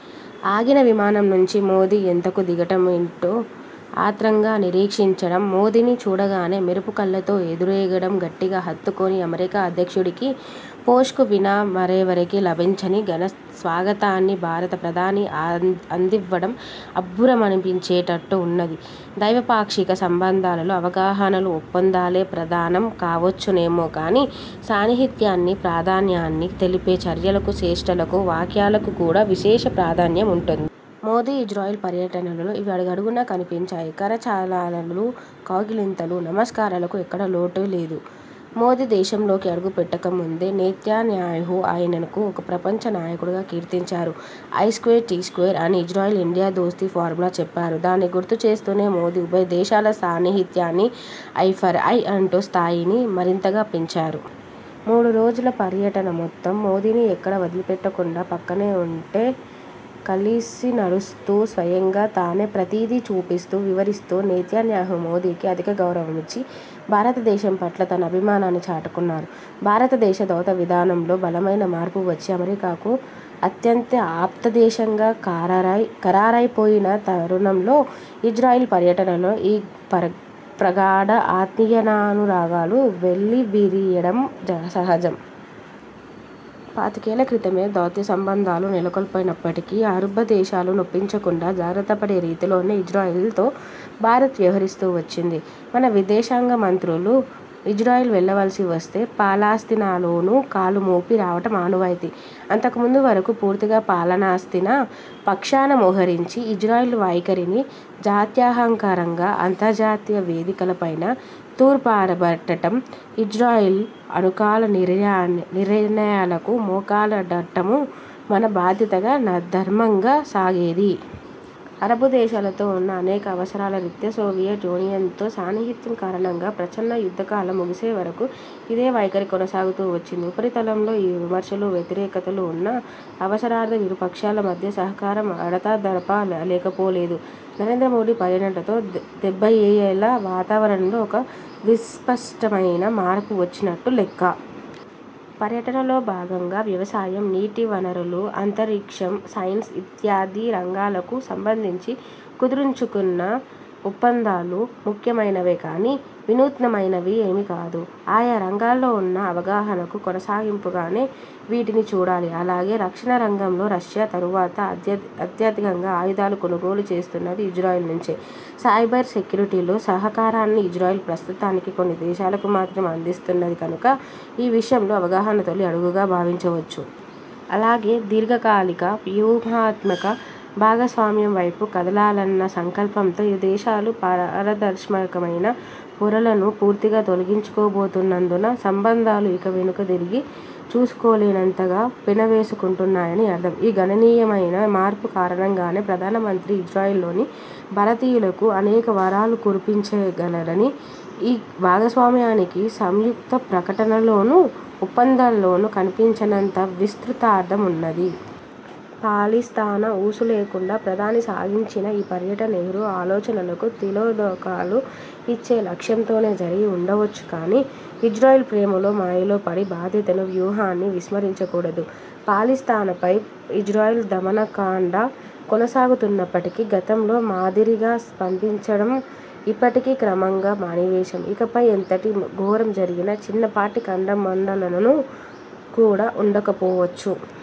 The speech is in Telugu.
ఆగిన విమానం నుంచి మోదీ ఎంతకూ దిగడేమేంటో ఆత్రంగా నిరీక్షించడం, మోదీని చూడగానే మెరుపు కళ్ళతో ఎదురేగడం, గట్టిగా హత్తుకొని, అమెరికా అధ్యక్షుడికీ, పోప్కు వినా మరెవరికీ లభించని ఘనస్వాగతాన్ని భారత ప్రధానికి అందివ్వడం అబ్బురమనిపించేట్టు ఉన్నది. దైనపాక్షిక సంబంధాల్లో అవగాహనలు, ఒప్పందాలే ప్రధానం కావచ్చునేమో కానీ, సాన్నిహిత్యాన్ని, ప్రాధాన్యాన్ని తెలిపే చర్యలకు, చేష్టలకు, వ్యాఖ్యలకు కూడా విశేష ప్రాధాన్యం ఉంటుం మోదీ ఇజ్రాయెల్ పర్యటనలో ఇవి అడుగడుగునా కనిపించాయి. కరచాలనాలూ, కౌగిలింతలు, నమస్కారాలకు ఎక్కడా లోటులేదు. మోదీ దేశంలోకి అడుగుపెట్టకముందే నెతన్యాహూ ఆయనను ఒక ప్రపంచనాయకుడిగా కీర్తించారు. 'ఐ స్క్వేర్ టి స్వ్వేర్' అని ఇజ్రాయెల్, ఇండియా దోస్తీ ఫార్ములా చెప్పారు. దానిని గుర్తుచేస్తూనే, మోదీ ఉభయదేశాల సాన్నిహిత్యాన్ని ఐ ఫర్ ఐ అంటూ స్థాయిని మరింతగా పెంచారు. మూడురోజుల పర్యటనమొత్తం మోదీని ఎక్కడా వదిలిపెట్టకుండా పక్కనే ఉంటే, కలిసినడుస్తూ స్వయంగా తానేప్రతీదీ చూపిస్తూ వివరిస్తూ నెతన్యాహూ మోదీకి అధికగౌరవం ఇచ్చి, భారతదేశం పట్ల తన అభిమానాన్ని చాటుకున్నారు. భారతదేశ దౌత్యవిధానంలో బలమైన మార్పువచ్చి, అమెరికాకు అత్యంత ఆప్తదేశంగా ఖరారైపోయిన తరుణంలో ఇజ్రాయెల్ పర్యటనలో ఈ ప్రగాఢ ఆత్మీయానురాగాలు వెల్లివిరియడం సహజం. పాతికేళ్ళక్రితమే దౌత్యసంబంధాలు నెలకొల్పుకున్నప్పటికీ అరబ్బుదేశాలను నొప్పించకుండా జాగ్రత్తపడే రీతిలోనే ఇజ్రాయెల్తో భారత్ వ్యవహరిస్తూ వచ్చింది. మన విదేశాంగమంత్రులు ఇజ్రాయెల్ వెళ్ళవలసి వస్తే, పాలస్తీనాలోనూ కాలుమోపి రావడం ఆనవాయితీ. అంతకుముందు వరకూ పూర్తిగా పాలస్తీనా పక్షాన మోహరించి, ఇజ్రాయెల్ వైఖరిని జాత్యాహంకారంగా అంతర్జాతీయ వేదికలపైన తూర్పారబట్టడం, ఇజ్రాయెల్ అనుకూల నిర్ణయాలకు మోకాలడ్డటమూ మన బాధ్యతగా, ధర్మంగా సాగేది. అరబ్బుదేశాలతో ఉన్న అనేక అవసరాల రీత్యా, సోవియట్ యూనియన్తో సాన్నిహిత్యం కారణంగా ప్రచ్ఛన్నయుద్ధకాలం ముగిసేవరకూ ఇదే వైఖరి కొనసాగుతూ వచ్చింది. ఉపరితలంలో ఈ విమర్శలూ, వ్యతిరేకతలు ఉన్నా అవసరార్థం ఇరుపక్షాల మధ్యా సహకారం అడపాదడపా లేకపోలేదు. నరేంద్రమోదీ పర్యటనతో డెబ్బయ్యేళ్ళ వాతావరణంలో ఒక విస్పష్టమైన మార్పు వచ్చినట్టు లెక్క. పర్యటనలో భాగంగా వ్యవసాయం, నీటివనరులు, అంతరిక్షం, సైన్స్ ఇత్యాది రంగాలకు సంబంధించి కుదర్చుకున్న ఒప్పందాలు ముఖ్యమైనవే కానీ, వినూత్నమైనవేమీ కాదు. ఆయా రంగాల్లో ఉన్న అవగాహనకు కొనసాగింపుగానే వీటిని చూడాలి. అలాగే, రక్షణరంగంలో రష్యా తరువాత అత్యధికంగా ఆయుధాలు కొనుగోలు చేస్తున్నది ఇజ్రాయెల్ నుంచే. సైబర్ సెక్యూరిటీలో సహకారాన్ని ఇజ్రాయెల్ ప్రస్తుతానికి కొన్ని దేశాలకు మాత్రమే అందిస్తున్నది కనుక ఈ విషయంలో అవగాహన తొలి అడుగుగా భావించవచ్చు. అలాగే, దీర్ఘకాలిక, వ్యూహాత్మక భాగస్వామ్యం వైపు కదలాలన్న సంకల్పంతో ఇరుదేశాలూ పారదర్శకమైన పొరలను పూర్తిగా తొలగించుకోబోతున్నందున, సంబంధాలు ఇక వెనక్కుతిరిగి చూసుకోలేనంతగా పెనవేసుకుంటాయని అర్థం. ఈ గణనీయమైన మార్పు కారణంగానే ప్రధానమంత్రి ఇజ్రాయెల్లోని భారతీయులకు అనేక వరాలు కురిపించగలరనీ. ఈ భాగస్వామ్యానికి సంయుక్త ప్రకటనల్లోనూ, ఒప్పందాల్లోనూ కనిపించనంత విస్తృతార్థం ఉన్నది. పాలస్తీనా ఊసులేకుండా ప్రధాని సాగించిన ఈ పర్యటన నెహ్రూ ఆలోచనలకు తిలోదకాలు ఇచ్చే లక్ష్యంతోనే జరిగి వుండవచ్చును కానీ, ఇజ్రాయెల్ ప్రేమలో, మాయలో పడి బాధ్యతనూ, వ్యూహాన్ని విస్మరించకూడదు. పాలస్తీనాపై ఇజ్రాయెల్ దమనకాండ కొనసాగుతున్నప్పటికీ, గతంలో మాదిరిగా స్పందించడం ఇప్పటికే క్రమంగా మానివేశాం. ఇకపై ఎంతటి ఘోరం జరిగినా చిన్నపాటి ఖండనమండనలు కూడా ఉండకపోవచ్చు.